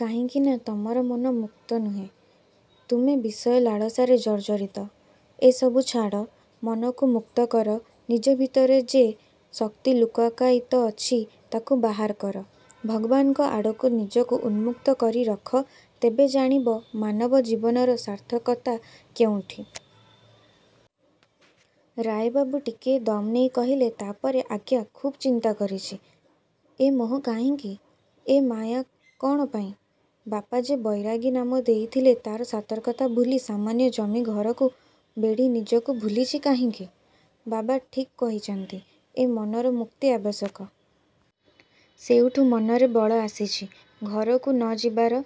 କାହିଁକି ନା ତମର ମନ ମୁକ୍ତ ନୁହେଁ, ତୁମେ ବିଷୟ ଲାଳସାରେ ଜର୍ଜରିତ। ଏସବୁ ଛାଡ଼, ମନକୁ ମୁକ୍ତ କର ନିଜ ଭିତରେ ଯେ ଶକ୍ତି ଲୁକାକାୟିତ ଅଛି ତାକୁ ବାହାର କର। ଭଗବାନଙ୍କ ଆଡ଼କୁ ନିଜକୁ ଉନ୍ମୁକ୍ତ କରି ରଖ ତେବେ ଜାଣିବ ମାନବ ଜୀବନର ସାର୍ଥକତା କେଉଁଠି। ରାୟବାବୁ ଟିକିଏ ଦମ୍ ନେଇ କହିଲେ ତାପରେ ଆଜ୍ଞା ଖୁବ୍ ଚିନ୍ତା କରିଛି। ଏ ମୋହ କାହିଁକି? ଏ ମାୟା କଣ ପାଇଁ? ବାପା ଯେ ବୈରାଗୀ ନାମ ଦେଇଥିଲେ ତାର ସାତର୍କତା ଭୁଲି ସାମାନ୍ୟ ଜମି ଘରକୁ ବେଢ଼ି ନିଜକୁ ଭୁଲିଚି କାହିଁକି? ବାବା ଠିକ୍ କହିଛନ୍ତି ଏ ମନର ମୁକ୍ତି ଆବଶ୍ୟକ । ସେଉଠୁ ମନରେ ବଳ ଆସିଚି ଘରକୁ ନ ଯିବାର,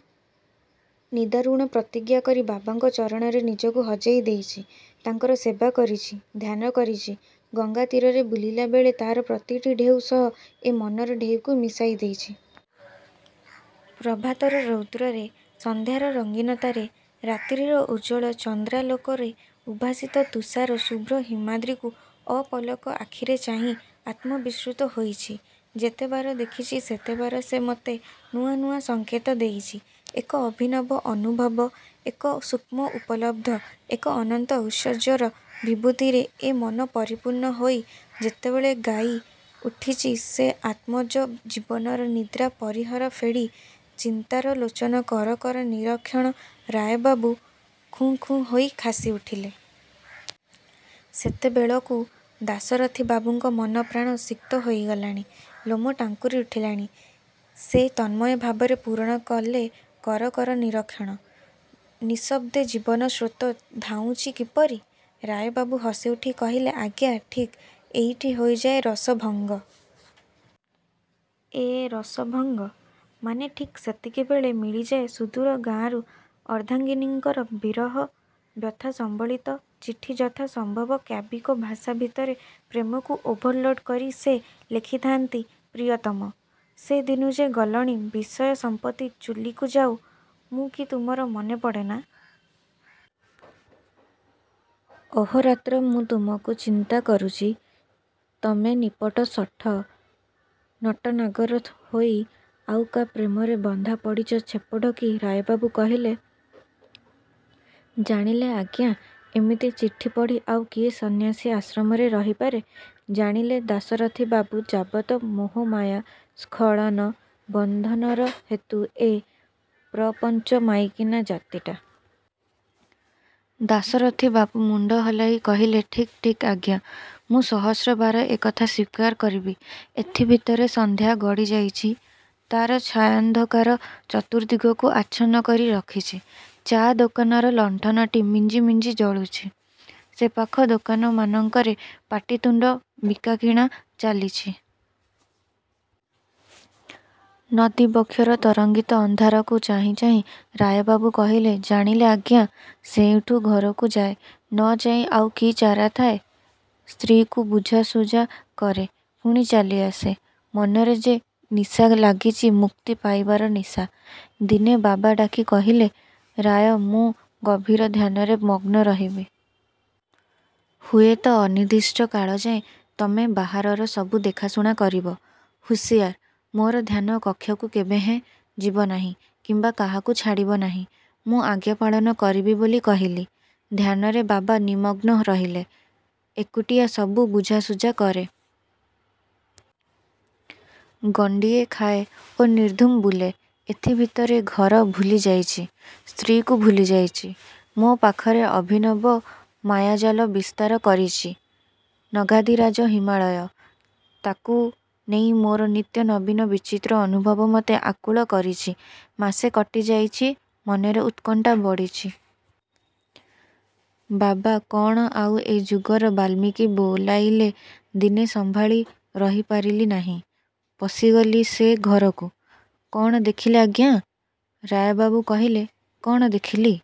ନିଦାରୁଣ ପ୍ରତିଜ୍ଞା କରି ବାବାଙ୍କ ଚରଣରେ ନିଜକୁ ହଜେଇ ଦେଇଚି। ତାଙ୍କର ସେବା କରିଛି, ଧ୍ୟାନ କରିଛି, ଗଙ୍ଗା ତୀରରେ ବୁଲିଲା ବେଳେ ତାର ପ୍ରତିଟି ଢ଼େଉ ସହ ଏ ମନର ଢ଼େଉକୁ ମିଶାଇ ଦେଇଚି। ପ୍ରଭାତର ରୌଦ୍ରରେ, ସନ୍ଧ୍ୟାର ରଙ୍ଗୀନତାରେ, ରାତ୍ରିର ଉଜ୍ଜଳ ଚନ୍ଦ୍ରାଲୋକରେ ଉଦ୍ଭାସିତ ତୁଷାର ଶୁଭ୍ର ହିମାଦ୍ରୀକୁ ଅପଲକ ଆଖିରେ ଚାହିଁ ଆତ୍ମବିସୃତ ହୋଇଚି। ଯେତେବାର ଦେଖିଚି ସେତେବାର ସେ ମତେ ନୂଆ ନୂଆ ସଙ୍କେତ ଦେଇଚି। ଏକ ଅଭିନବ, ଅନୁଭବ, ଏକ ସୂକ୍ଷ୍ମ ଉପଲବ୍ଧ, ଏକ ଅନନ୍ତ ଐଶ୍ୱର୍ଯ୍ୟର ବିଭୂତିରେ ଏ ମନ ପରିପୂର୍ଣ୍ଣ ହୋଇ ଯେତେବେଳେ ଗାଇ ଉଠିଚି ସେ ଆତ୍ମନ୍ଜ ଜୀବନର ନିଦ୍ରା ପରିହର ଫେଡ଼ି ଚିନ୍ତାର ଲୋଚନ କର କର ନିରୀକ୍ଷଣ ରାୟବାବୁ ଖୁଁ ଖୁଁ ହୋଇ କାଶି ଉଠିଲେ। ସେତେବେଳକୁ ଦାଶରଥିବାବୁଙ୍କ ମନ ପ୍ରାଣ ସିକ୍ତ ହୋଇଗଲାଣି, ଲୋମ ଟାଙ୍କୁରି ଉଠିଲାଣି। ସେ ତନ୍ମୟ ଭାବରେ ପୂରଣ କଲେ କର କର ନିରୀକ୍ଷଣ, ନିଃଶବ୍ଦେ ଜୀବନ ସ୍ରୋତ ଧାଉଁଚି କିପରି? ରାୟବାବୁ ହସି ଉଠି କହିଲେ ଆଜ୍ଞା ଠିକ୍ ଏଇଠି ହୋଇଯାଏ ରସ ଭଙ୍ଗ । ଏ ରସ ଭଙ୍ଗ? ମାନେ ଠିକ୍ ସେତିକିବେଳେ ମିଳିଯାଏ ସୁଦୂର ଗାଁରୁ ଅର୍ଦ୍ଧାଙ୍ଗୀନୀଙ୍କର ବିରହ ବ୍ୟଥା ସମ୍ବଳିତ ଚିଠି ଯଥା ସମ୍ଭବ କାବ୍ୟିକ ଭାଷା ଭିତରେ ପ୍ରେମକୁ ଓଭର ଲୋଡ଼ କରି ସେ ଲେଖିଥାନ୍ତି ପ୍ରିୟତମ, ସେ ଦିନୁ ଯେ ଗଲଣି ବିଷୟ ସମ୍ପତ୍ତି ଚୁଲିକୁ ଯାଉ, ମୁ କି ତୁମର ମନେପଡ଼େ ନା? ଅହୋରାତ୍ର ମୁଁ ତୁମକୁ ଚିନ୍ତା କରୁଚି ତମେ ନିପଟ ଶଠ, ନଟନାଗର ହୋଇ ଆଉ କା ପ୍ରେମରେ ବନ୍ଧା ପଡ଼ିଚ ଛେପ ଢୋକି ରାୟବାବୁ କହିଲେ, ଜାଣିଲେ ଆଜ୍ଞା ଏମିତି ଚିଠି ପଢ଼ି ଆଉ କିଏ ସନ୍ନ୍ୟାସୀ ଆଶ୍ରମରେ ରହିପାରେ। ଜାଣିଲେ ଦାଶରଥି ବାବୁ ଯାବତ ମୋହ ମାୟା, ସ୍ଖଳନ, ବନ୍ଧନର ହେତୁ ଏ ପ୍ରପଞ୍ଚ ମାଇକିନା ଜାତିଟା। ଦାଶରଥି ବାବୁ ମୁଣ୍ଡ ହଲାଇ କହିଲେ ଠିକ୍ ଠିକ୍ ଆଜ୍ଞା। ମୁଁ ସହସ୍ର ବାର ଏକଥା ସ୍ଵୀକାର କରିବି। ଏଥି ଭିତରେ ସନ୍ଧ୍ୟା। ଗଡ଼ିଯାଇଚି। ତାର ଛାୟାନ୍ଧକାର ଚତୁର୍ଦ୍ଦିଗକୁ ଆଚ୍ଛନ୍ନ କରି ରଖିଚି। ଚା ଦୋକାନର ଲଣ୍ଠନଟି ମିଞ୍ଜି ମିଞ୍ଜି ଜଳୁଚି। ସେପାଖ ଦୋକାନମାନଙ୍କରେ ପାଟିତୁଣ୍ଡ, ବିକାକିଣା ଚାଲିଚି। ନଦୀ ବକ୍ଷର ତରଙ୍ଗିତ ଅନ୍ଧକାରକୁ ଚାହିଁ ଚାହିଁ ରାୟ ବାବୁ କହିଲେ ଯାଣିଲେ ଆଜ୍ଞା ସେଇଠୁ ଘରକୁ ଯାଏ, ନ ଯାଇ ଆଉକି ଚାରାଥାଏ। ସ୍ତ୍ରୀକୁ ବୁଝାଶୁଝା କରେ, ପୁଣି ଚାଲି ଆସେ। ମନରେ ଯେ ନିଶାଲାଗିଚି ମୁକ୍ତି ପାଇବାର ନିଶା। ଦିନେ ବାବା ଡାକି କହିଲେ ରାୟ ମୁଁ ଗଭୀର ଧ୍ୟାନରେ ମଗ୍ନ ରହିବି। ହୁଏତ ଅନିର୍ଦ୍ଦିଷ୍ଟ କାଳଯାଏ। ତମେ ବାହାରର ସବୁ ଦେଖାଶୁଣା କରିବ। ହୁସିଆର, ମୋର ଧ୍ୟାନ କକ୍ଷକୁ କେବେହେଁ ଯିବ ନାହିଁ କିମ୍ବା କାହାକୁ ଛାଡ଼ିବ ନାହିଁ। ମୁଁ ଆଜ୍ଞା ପାଳନ କରିବି ବୋଲି କହିଲି। ଧ୍ୟାନରେ ବାବା ନିମଗ୍ନ ରହିଲେ। ଏକୁଟିଆ ସବୁ ବୁଝାଶୁଝା କରେ। ଗଣ୍ଡିଏ ଖାଏ ଓ ନିର୍ଦ୍ଧୁମ ବୁଲେ। ଏଥି ଭିତରେ ଘର ଭୁଲିଯାଇଚି, ସ୍ତ୍ରୀକୁ ଭୁଲିଯାଇଚି। ମୋ ପାଖରେ ଅଭିନବ ମାୟାଜାଲ ବିସ୍ତାର କରିଚି ନଗାଧିରାଜ ହିମାଳୟ। ତାକୁ ନେଇ ମୋର ନିତ୍ୟ ନବୀନ ବିଚିତ୍ର ଅନୁଭବ ମତେ ଆକୁଳ କରିଚି। ମାସେ କଟି ଯାଇଚି, ମନରେ ଉତ୍କଣ୍ଠା ବଢ଼ିଚି। ବାବା କଣ ଆଉ ଏ ଯୁଗର ବାଲ୍ମୀକି ବୋଲାଇଲେ ଦିନେ ସମ୍ଭାଳି ରହିପାରିଲି ନାହିଁ, ପଶିଗଲି ସେ ଘରକୁ। କଣ ଦେଖିଲେ ଆଜ୍ଞା? ରାୟ ବାବୁ କହିଲେ, କଣ ଦେଖିଲି